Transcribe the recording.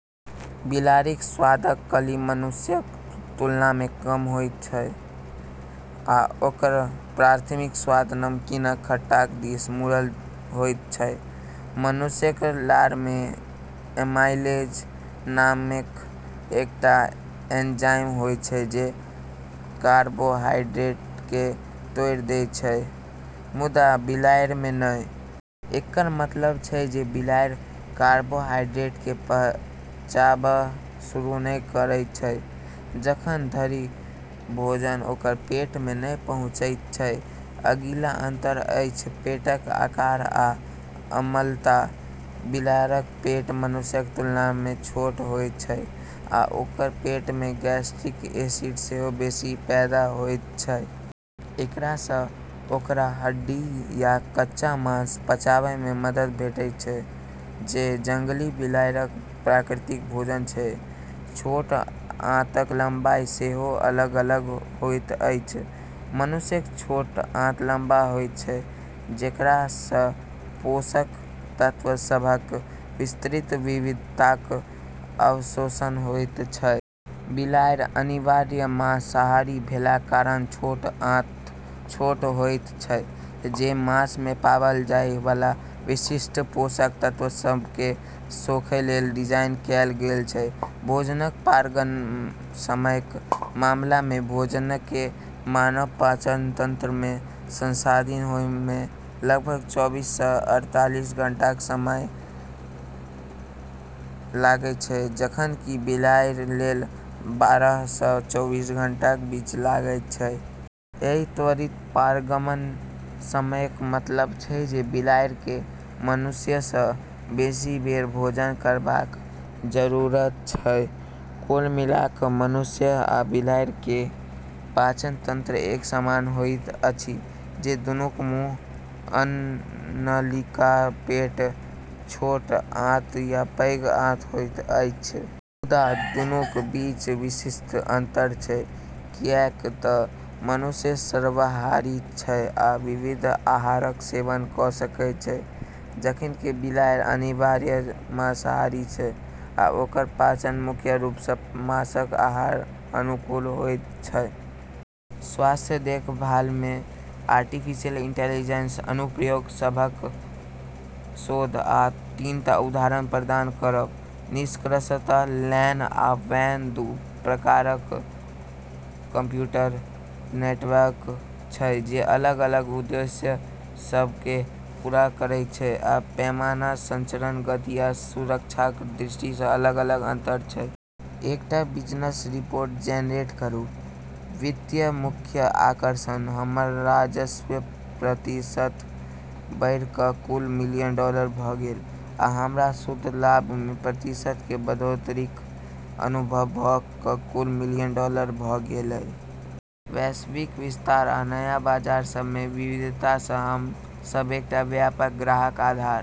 बिलाड़िक स्वादक कली मनुष्यक तुलनामे कम होइत छै, आ ओकर प्राथमिक स्वाद नमकीन आ खट्टाक दिस मुड़ल होइत छै। मनुष्यक लारमे एमाइलेज नामेक एकटा एंजाइम होइत छै जे कार्बोहाइड्रेटकेँ तोड़ि दैत छै, मुदा बिलाड़िमे नहि। एकर मतलब छै जे बिलाड़ि कार्बोहाइड्रेटकेँ पचाबब शुरू नहि करैत छै, जखन धरि भोजन ओकर पेटमे नहि पहुँचैत छै। अगिला अंतर अछि पेटक आकार आ अम्लता। बिलाड़िक पेट मनुष्यक तुलनामे छोट होइत छै आ ओकर पेटमे गैस्ट्रिक एसिड सेहो बेसी पैदा होइत छै। एकरासँ ओकरा हड्डी आ कच्चा मांस पचाबैमे मदद भेटैत छै, जे जंगली बिलाड़िक प्राकृतिक भोजन छै। छोट आंतक लंबाई सेहो अलग-अलग होइत अछि। मनुष्यक छोट आंत लंबा होइत छै, जेकरासँ पोषक तत्व सभक विस्तृत विविधताक अवशोषण होइत छै। बिलाड़ि, अनिवार्य मांसाहारी भेलाक कारण, छोट आंत छोट होइत छै, जे मांसमे पाबल जाय वाला विशिष्ट पोषक तत्व सभकेँ सोखै लेल डिजाइन कएल गेल छै। भोजनक पारगमन समयक मामलामे, भोजनकेँ मानव पाचन तंत्रमे संसाधित होइमे लगभग चौबीससँ अड़तालीस घंटाक समय लगैत छै, जखन कि बिलाड़िलेल, बारहसँ चौबीस घंटाक बीच लगैत छै। एहि त्वरित पारगमन समयक मतलब छै जे बिलाड़िकेँ मनुष्यसँ बेसी बेर भोजन करबाक जरूरत छै। कुल मिला कऽ मनुष्य आ बिलाड़िक पाचन तंत्र एक समान होइत अछि जे दूनूक मुँह, अन्ननलिका, पेट, छोट आंत आ पैघ आंत होइत अछि। मुदा, दूनूक बीच विशिष्ट अंतर छै, किऐक तऽ मनुष्य सर्वाहारी छै आ विविध आहारक सेवन कऽ सकैत छै जखन कि बिलाड़ि अनिवार्य मांसाहारी छै आ ओकर पाचन मुख्य रूपसँ मांसक आहारक अनुकूल होइत छै। स्वास्थ्य देखभलमे आर्टिफिशियल इंटेलिजेंस अनुप्रयोग सभक शोध आ तीन टा उदाहरण प्रदान करब। निष्कर्षतः लैन आ वैन दू प्रकारक कंप्यूटर नेटवर्क छै जे अलग-अलग उद्देश्य सभकेँ पूरा करैत छै आ पैमाना, संचरण गति आ सुरक्षाक दृष्टिसँ अलग-अलग अंतर छै। एकटा बिजनेस रिपोर्ट जेनरेट करू। वित्तीय मुख्य आकर्षण: हमर राजस्व प्रतिशत बढ़ि कऽ कुल मिलियन डॉलर भऽ गेलै, आ हमरा शुद्ध लाभमे प्रतिशत के बढ़ोत्तरीक अनुभव भऽ कऽ कुल मिलियन डॉलर भऽ गेलै। वैश्विक विस्तार आ नया बाजार सभमे विविधतासँ हम सभ एकटा व्यापक ग्राहक आधार